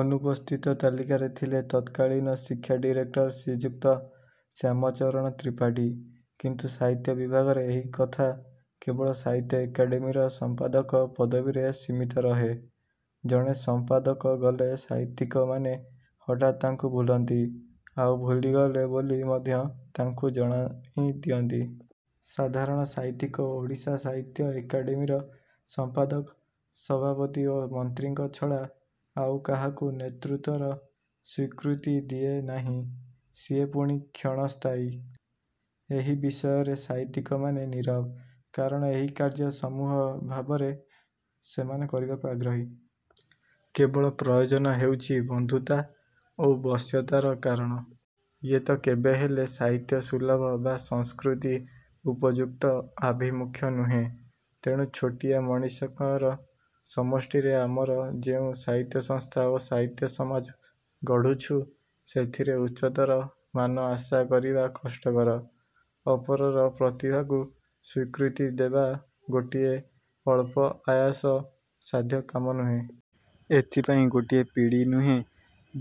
ଅନୁପସ୍ଥିତ ତାଲିକାରେ ଥିଲେ ତତ୍କାଳୀନ ଶିକ୍ଷା ଡିରେକ୍ଟର ଶ୍ରୀଯୁକ୍ତ ଶ୍ୟାମାଚରଣ ତ୍ରିପାଠୀ। କିନ୍ତୁ ସାହିତ୍ୟ ବିଭାଗରେ ଏହିକଥା। କେବଳ ସାହିତ୍ୟ ଏକାଡେମିର ସଂପାଦକ ପଦବୀରେ ସୀମିତ ରହେ। ଜଣେ ସମ୍ପାଦକ ଗଲେ ସାହିତ୍ୟିକମାନେ ହଠାତ୍ ତାଙ୍କୁ ଭୁଲନ୍ତି। ଆଉ ଭୁଲିଗଲେ ବୋଲି ମଧ୍ୟ ତାଙ୍କୁ ଜଣାଇ ଦିଅନ୍ତି। ସାଧାରଣ ସାହିତ୍ୟିକ ଓଡ଼ିଶା ସାହିତ୍ୟ ଏକାଡେମିର ସଂପାଦକ, ସଭାପତି ଓ ମନ୍ତ୍ରୀଙ୍କ ଛଡ଼ା ଆଉ କାହାକୁ ନେତୃତ୍ୱର ସ୍ୱୀକୃତି ଦିଏ ନାହିଁ-ସିଏ ପୁଣି କ୍ଷଣସ୍ଥାୟୀ। ଏହି ବିଷୟରେ ସାହିତ୍ୟିକମାନେ ନିରବ। କାରଣ ଏହି କାର୍ଯ୍ୟ ସମୂହ ଭାବରେ ସେମାନେ କରିବାକୁ ଆଗ୍ରହୀ। କେବଳ ପ୍ରୟୋଜନ ହେଉଛି ବନ୍ଧୁତା ଓ ବଶ୍ୟତାର କାରଣ। ଇଏ ତ କେବେହେଲେ ସାହିତ୍ୟ-ସୁଲଭ ବା ସଂସ୍କୃତି-ଉପଯୁକ୍ତ ଆଭିମୁଖ୍ୟ ନୁହେଁ। ତେଣୁ ଛୋଟିଆ ମଣିଷଙ୍କର ସମଷ୍ଟିରେ ଆମର ଯେଉଁ ସାହିତ୍ୟ ସଂସ୍ଥା ଓ ସାହିତ୍ୟ-ସମାଜ ଗଢ଼ୁଛୁ ସେଥିରେ ଉଚ୍ଚତର ମାନ ଆଶା କରିବା କଷ୍ଟକର। ଅପରର ପ୍ରତିଭାକୁ ସ୍ୱୀକୃତି ଦେବା ଗୋଟିଏ ଅଳ୍ପ ଆୟାସ-ସାଧ୍ୟ କାମ ନୁହେଁ। ଏଥିପାଇଁ ଗୋଟିଏ ପୀଡ଼ି ନୁହେଁ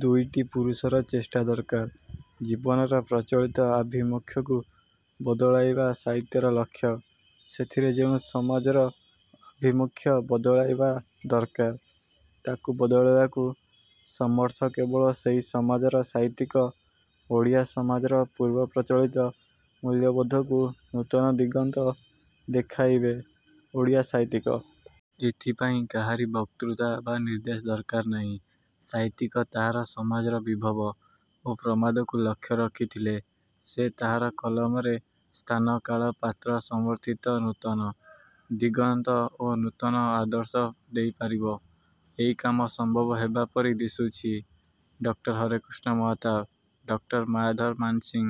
ଦୁଇଟି ପୁରୁଷର ଚେଷ୍ଟା ଦରକାର। ଜୀବନର ପ୍ରଚଳିତ ଆଭିମୁଖ୍ୟକୁ ବଦଳାଇବା ସାହିତ୍ୟର ଲକ୍ଷ୍ୟ। ସେଥିରେ ଯେଉଁ ସମାଜର ଆଭିମୁଖ୍ୟ ବଦଳାଇବା ଦରକାର, ତାକୁ ବଦଳାଇବାକୁ ସମର୍ଥ କେବଳ ସେହି ସମାଜର ସାହିତ୍ୟିକ। ଓଡ଼ିଆ ସମାଜର ପୂର୍ବପ୍ରଚଳିତ ମୂଲ୍ୟବୋଧକୁ ନୂତନ ଦିଗନ୍ତ ଦେଖାଇବେ ଓଡ଼ିଆ ସାହିତ୍ୟିକ। ଏଥିପାଇଁ କାହାରି ବକ୍ତୃତା ବା ନିର୍ଦ୍ଦେଶ ଦରକାର ନାହିଁ। ସାହିତ୍ୟିକ ତାହାର ସମାଜର ବିଭବ ଓ ପ୍ରମାଦକୁ ଲକ୍ଷ୍ୟ ରଖିଥିଲେ ସେ ତାହାର କଲମରେ ସ୍ଥାନ-କାଳ-ପାତ୍ର-ସମର୍ଥିତ ନୂତନ। ଦିଗନ୍ତ ଓ ନୂତନ ଆଦର୍ଶ ଦେଇ ପାରିବ। ଏହି କାମ ସମ୍ଭବ ହେବା ପରି ଦିଶୁଛି-ଡକ୍ଟର ହରେକୃଷ୍ଣ ମହତାବ, ଡକ୍ଟର ମାୟାଧର ମାନସିଂହ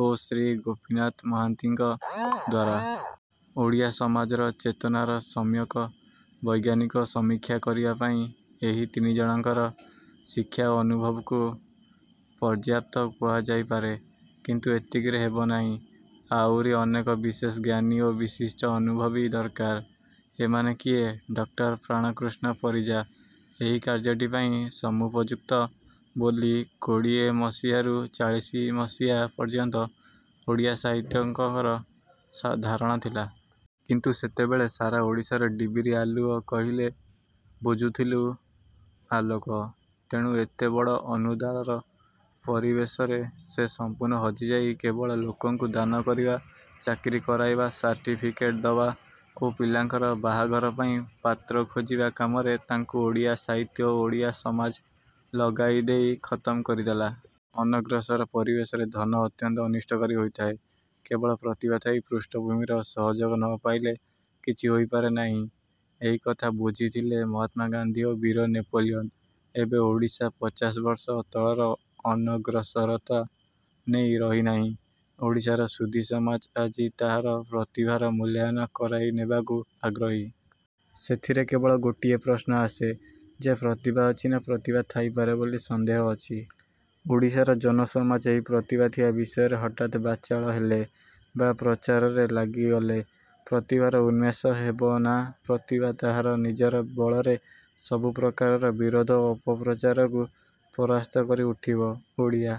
ଓ ଶ୍ରୀ ଗୋପୀନାଥ ମହାନ୍ତିଙ୍କ ଦ୍ୱାରା। ଓଡ଼ିଆ ସମାଜର ଚେତନାର ସମ୍ୟକ ବୈଜ୍ଞାନିକ ସମୀକ୍ଷା କରିବାପାଇଁ ଏହି ତିନିଜଣଙ୍କର ଶିକ୍ଷା ଓ ଅନୁଭବକୁ ପର୍ଯ୍ୟାପ୍ତ କୁହାଯାଇପାରେ। କିନ୍ତୁ ଏତିକିରେ ହେବ ନାହିଁ। ଆଉରି ଅନେକ ବିଶେଷ ଜ୍ଞାନୀ ଓ ବିଶିଷ୍ଟ ଅନୁଭବୀ ଦରକାର। ଏମାନେ କିଏ? ଡକ୍ଟର ପ୍ରାଣକୃଷ୍ଣ ପରିଜା ଏହି କାର୍ଯ୍ୟଟି ପାଇଁ ସମୁପଯୁକ୍ତ ବୋଲି କୋଡ଼ିଏମସିହାରୁ ଚାଳିଶିମସିହା ପର୍ଯ୍ୟନ୍ତ ଓଡ଼ିଆ ସାହିତ୍ୟକଙ୍କର ଧାରଣା ଥିଲା। କିନ୍ତୁ ସେତେବେଳେ ସାରା ଓଡ଼ିଶାର ଡିବିରି ଆଲୁଅ କହିଲେ ବୁଝୁଥିଲୁ ଆଲୋକ। ତେଣୁ ଏତେ ବଡ଼ ଅନୁଦାର ପରିବେଶରେ ସେ ସମ୍ପୂର୍ଣ୍ଣ ହଜିଯାଇ କେବଳ ଲୋକଙ୍କୁ ଦାନ କରିବା, ଚାକିରି କରାଇବା, ସାର୍ଟିଫିକେଟ ଦବା ଓ ପିଲାଙ୍କର ବାହାଘର ପାଇଁ ପାତ୍ର ଖୋଜିବା କାମରେ ତାଙ୍କୁ ଓଡ଼ିଆ ସାହିତ୍ୟ ଓ ଓଡ଼ିଆ ସମାଜ ଲଗାଇ ଦେଇ ଖତମ୍ କରିଦେଲା। ଅନଗ୍ରସର ପରିବେଶରେ ଧନ ଅତ୍ୟନ୍ତ ଅନିଷ୍ଟକାରୀ ହୋଇଥାଏ। କେବଳ ପ୍ରତିଭା ଥାଇ ପୃଷ୍ଠଭୂମିର ସହଯୋଗ ନ ପାଇଲେ କିଛି ହୋଇପାରେ ନାହିଁ। ଏହିକଥା ବୁଝିଥିଲେ ମହାତ୍ମା ଗାନ୍ଧୀ ଓ ବୀର ନେପୋଲିଅନ୍। ଏବେ ଓଡ଼ିଶା ପଚାଶବର୍ଷ ତଳର ଅନଗ୍ରସରତା ନେଇ ରହି ନାହିଁ। ଓଡ଼ିଶାର ସୁଧୀ ସମାଜ ଆଜି ତାହାର ପ୍ରତିଭାର ମୂଲ୍ୟାୟନ କରାଇନେବାକୁ ଆଗ୍ରହୀ। ସେଥିରେ କେବଳ ଗୋଟିଏ ପ୍ରଶ୍ନ ଆସେ ଯେ ପ୍ରତିଭା ଅଛି ନା ପ୍ରତିଭା ଥାଇପାରେ ବୋଲି ସନ୍ଦେହ ଅଛି? ଓଡ଼ିଶାର ଜନସମାଜ ଏହି ପ୍ରତିଭା ଥିବା ବିଷୟରେ ହଠାତ୍ ବାଚାଳ ହେଲେ ବା ପ୍ରଚାରରେ ଲାଗିଗଲେ ପ୍ରତିଭାର ଉନ୍ମେଷ ହେବ ନା ପ୍ରତିଭା ତାହାର ନିଜର ବଳରେ ସବୁପ୍ରକାରର ବିରୋଧ ଓ ଅପପ୍ରଚାରକୁ ପରାସ୍ତ କରି ଉଠିବ? ଓଡ଼ିଆ